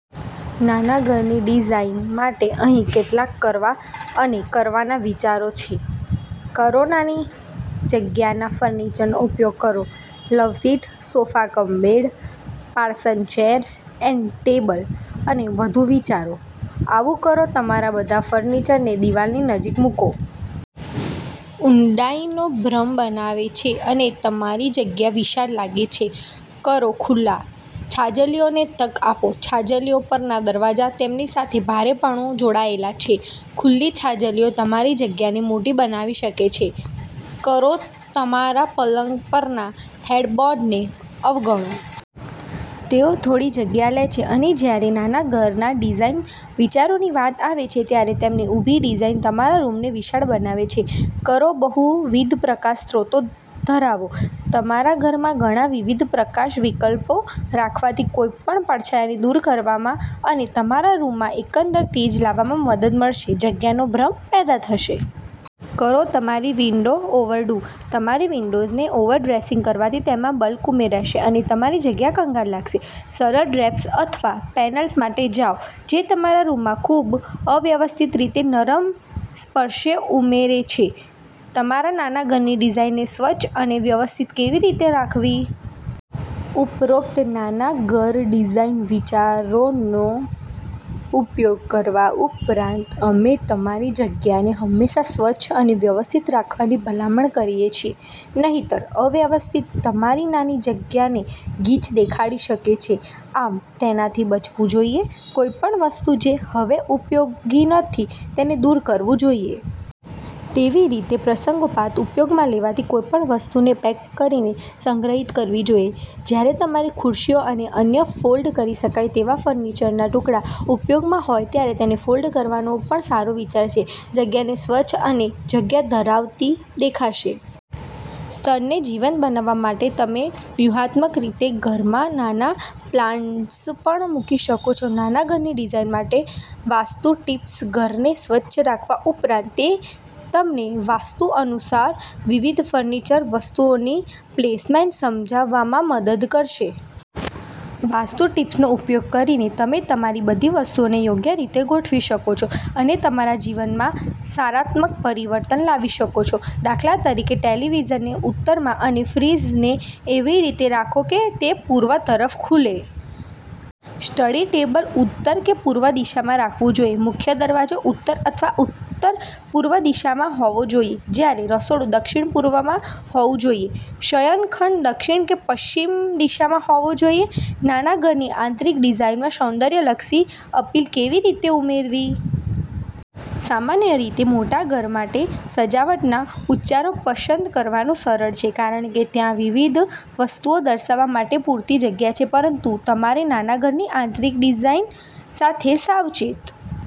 નાના ઘરની ડિઝાઇન માટે અહીં કેટલાક કરવા અનેકરવાનાં વિચારો છે. કરોનાની જગ્યાના ફર્નિચરનો ઉપયોગ કરો. Love seat, sofa cum bed, parson chair, and table અને વધુ વિચારો. આવુંકરોતમારા બધા ફર્નિચરને દિવાલની નજીક મૂકો. ઊંડાઈનો ભ્રમ બનાવે છે અને તમારી જગ્યા વિશાળ લાગે છે. કરોખુલ્લા છાજલીઓને તક આપો. છાજલીઓ પરના દરવાજા તેમની સાથે ભારેપણું જોડાયેલા છે. ખુલ્લી છાજલીઓ તમારી જગ્યાને મોટી બનાવી શકે છે. કરોતમારા પલંગ પરના હેડબોર્ડને અવગણો. તેઓ થોડી જગ્યા લે છે અને જ્યારે નાના ઘરના ડિઝાઇન વિચારોની વાત આવે છે ત્યારે તેમની ઊભી ડિઝાઇન તમારા રૂમને વિશાળ બનાવે છે. કરોબહુવિધ પ્રકાશ સ્ત્રોતો ધરાવો. તમારા ઘરમાં ઘણાં વિવિધ પ્રકાશ વિકલ્પો રાખવાથી કોઈપણ પડછાયાને દૂર કરવામાં અને તમારા રૂમમાં એકંદર તેજ લાવવામાં મદદ મળશે, જગ્યાનો ભ્રમ પેદા થશે. કરોતમારી વિન્ડો ઓવર ડૂ. તમારી વિન્ડોઝને ઓવર ડ્રેસિંગ કરવાથી તેમાં બલ્ક ઉમેરાશે અને તમારી જગ્યા કંગાળ લાગશે. સરળ ડ્રેપ્સ અથવા પેનલ્સ માટે જાઓ જે તમારા રૂમમાં ખૂબઅવ્યવસ્થિત રીતે નરમ સ્પર્શ ઉમેરે છે. તમારા નાના ઘરની ડિઝાઇનને સ્વચ્છ અને વ્યવસ્થિત કેવી રીતે રાખવી? ઉપરોક્ત નાના ઘર ડિઝાઇન વિચારોનો ઉપયોગ કરવા ઉપરાંત, અમે તમારી જગ્યાને હંમેશા સ્વચ્છ અને વ્યવસ્થિત રાખવાની ભલામણ કરીએ છીએ. નહિંતર, અવ્યવસ્થિત તમારી નાની જગ્યાને ગીચ દેખાડી શકે છે. આમ, તેનાથી બચવું જોઈએ. કોઈપણ વસ્તુ જે હવે ઉપયોગી નથી તેને દૂર કરવી જોઈએ. તેવીરીતે, પ્રસંગોપાત ઉપયોગમાં લેવાતી કોઈપણ વસ્તુને પેક કરીને સંગ્રહિત કરવી જોઈએ. જ્યારે તમારી ખુરશીઓ અને અન્ય ફોલ્ડ કરી શકાય તેવા ફર્નિચરના ટુકડા ઉપયોગમાંહોય ત્યારે તેને ફોલ્ડ કરવાનો પણ સારો વિચાર છે. જગ્યાને સ્વચ્છ અને જગ્યા ધરાવતી દેખાશે. સ્થળને જીવંત બનાવવા માટે તમે વ્યૂહાત્મક રીતે ઘરમાં નાના પ્લાન્ટર્સ પણ મૂકી શકો છો. નાના ઘરની ડિઝાઇન માટે વાસ્તુ ટિપ્સ ઘરને સ્વચ્છ રાખવા ઉપરાંત, તે તમને વાસ્તુ અનુસાર વિવિધ ફર્નિચર વસ્તુઓની પ્લેસમેન્ટ સમજવામાં મદદ કરશે. વાસ્તુ ટીપ્સનો ઉપયોગ કરીને, તમે તમારી બધી વસ્તુઓને યોગ્ય રીતે ગોઠવી શકો છો અને તમારા જીવનમાં સકારાત્મક પરિવર્તન લાવી શકો છો. દાખલા તરીકે, ટેલિવિઝનને ઉત્તરમાં અને ફ્રીજને એવી રીતે રાખો કે તે પૂર્વ તરફ ખુલે. સ્ટડી ટેબલ ઉત્તર કે પૂર્વ દિશામાં રાખવું જોઈએ. મુખ્ય દરવાજો ઉત્તર અથવા ઉત્તર-પૂર્વ દિશામાં હોવો જોઈએ, જ્યારે રસોડું દક્ષિણ-પૂર્વમાં હોવું જોઈએ. શયનખંડ દક્ષિણ કે પશ્ચિમ દિશામાં હોવો જોઈએ. નાના ઘરની આંતરિક ડિઝાઇનમાં સૌંદર્યલક્ષી અપીલ કેવી રીતે ઉમેરવી? સામાન્ય રીતે, મોટા ઘર માટે સજાવટના ઉચ્ચારો પસંદ કરવાનું સરળ છે કારણ કે ત્યાં વિવિધ વસ્તુઓ દર્શાવવા માટે પૂરતી જગ્યા છે. પરંતુ તમારે નાના ઘરની આંતરિક ડિઝાઇન સાથે સાવચેત